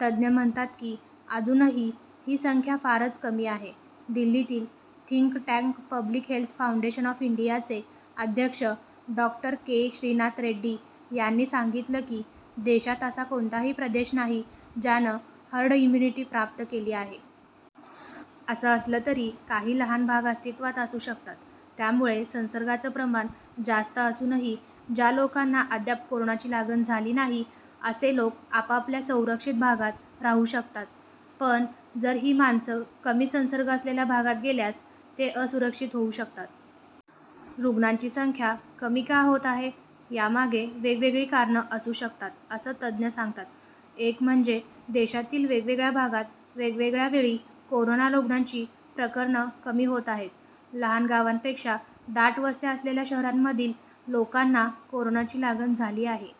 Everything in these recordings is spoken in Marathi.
तज्ञ म्हणतात की अजूनही ही संख्या फारच कमी आहे. दिल्लीतील think tank 'public health foundation of इंडिया'चे अध्यक्ष डॉ. के श्रीनाथ रेड्डी यांनी सांगितलं की देशात असा कोणताही प्रदेश नाही ज्यानं हर्ड इम्यूनिटी प्राप्त केली आहे. असं असलं तरी काही लहान भाग अस्तित्त्वात असू शकतात. त्यामुळे संसर्गाचं प्रमाण जास्त असूनही ज्या लोकांना अद्याप कोरोनाची लागण झाली नाही असे लोक आपापल्या संरक्षित भागात राहू शकतात. पण, जर ही माणसं कमी संसर्ग असलेल्या भागात गेल्यास ते असुरक्षित होऊ शकतात. रुग्णांची संख्या कमी का होत आहे? यामागे वेगेवगेळी कारणं असू शकतात असं तज्ञ सांगतात. एक म्हणजे देशातील वेगवेगळ्या भागांत वेगवेगळ्या वेळी कोरोना रुग्णांची प्रकरणं कमी होत आहेत. लहान गावांपेक्षा दाटवस्त्या असलेल्या शहरांमधील लोकांना कोरोनाची लागण झाली आहे.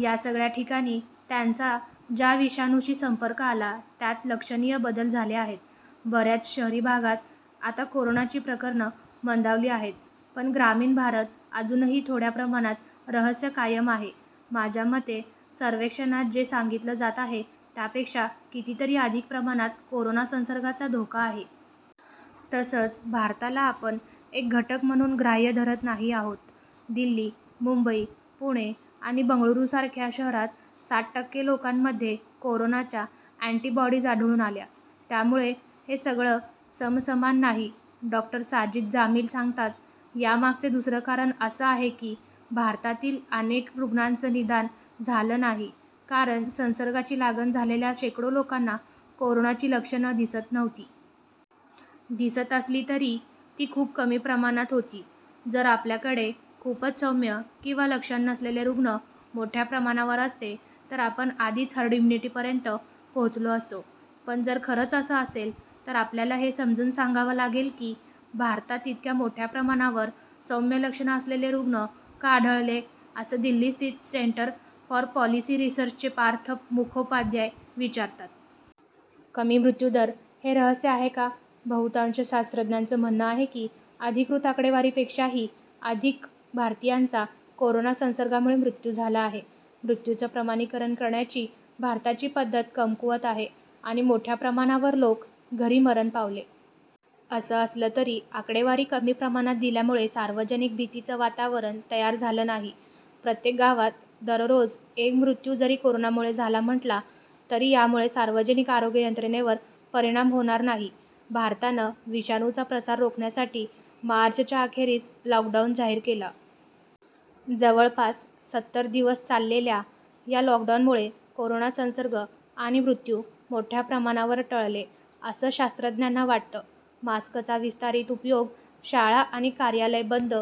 या सगळ्या ठिकाणी त्यांचा ज्या विषाणूशी संपर्क आला त्यात लक्षणीय बदल झाले आहेत. बर्याच शहरी भागात आता कोरोनाची प्रकरणं मंदावली आहेत पण ग्रामीण भारत अजूनही थोड्या प्रमाणात रहस्य कायम आहे. माझ्या मते सर्वेक्षणात जे सांगितलं जात आहे त्यापेक्षा कितीतरी अधिक प्रमाणात कोरोना संसर्गाचा धोका आहे. तसंच भारताला आपण एक घटक म्हणून ग्राह्य धरत नाही आहोत. दिल्ली, मुंबई, पुणे आणि बंगळुरूसारख्या शहरांत साठ टक्के लोकांमध्ये कोरोनाच्या अँटिबॉडीज आढळून आल्या. त्यामुळे हे सगळं समसमान नाही डॉ. शाहीद जामिल सांगतात. यामागचे दुसरं कारण असं आहे की भारतातील अनेक रुग्णांचं निदान झालं नाही, कारण संसर्गाची लागण झालेल्या शेकडो लोकांना कोरोनाची लक्षणं दिसत नव्हती. दिसत असली तरी ती खूप कमी प्रमाणात होती. जर आपल्याकडे खूपच सौम्य किंवा लक्षणं नसलेले रुग्ण मोठ्या प्रमाणावर असते, तर आपण आधीच हर्ड इम्यूनिटीपर्यंत पोहोचलो असतो. पण, जर खरंच असं असेल तर आपल्याला हे समजून सांगावं लागेल की, भारतात इतक्या मोठ्या प्रमाणावर सौम्य लक्षणं असलेलं रुग्ण का आढळले असं दिल्लीस्थित सेंटर फॉर पॉलिसी रिसर्चचे पार्थ मुखोपाध्याय विचारतात. कमी मृत्यूदर हे रहस्य आहे का? बहुतांश शास्त्रज्ञांचं म्हणणं आहे की, अधिकृत आकडेवारीपेक्षाही अधिक भारतीयांचा कोरोना ससंर्गामुळे मृत्यू झाला आहे. मृत्यूचं प्रमाणीकरण करण्याची भारताची पद्धत कमकुवत आहे आणि मोठ्या प्रमाणावर लोक घरी मरण पावले. असं असलं तरी आकडेवारी कमी प्रमाणात दिल्यामुळे सार्वजनिक भीतीचं वातावरण तयार झालं नाही. प्रत्येक गावात दररोज एक मृत्यू जरी कोरोनामुळे झाला म्हटला तरी यामुळे सार्वजनिक आरोग्य यंत्रणेवर परिणाम होणार नाही. भारतानं विषाणूचा प्रसार रोखण्यासाठी मार्चच्या अखेरीस लॉकडाऊन जाहीर केला. जवळपास सत्तर दिवस चाललेल्या या लॉकडाऊनमुळे कोरोना संसर्ग आणि मृत्यू मोठ्या प्रमाणावर टळले, असं शास्त्रज्ञांना वाटतं. मास्कचा विस्तारित उपयोग, शाळा आणि कार्यालय बंद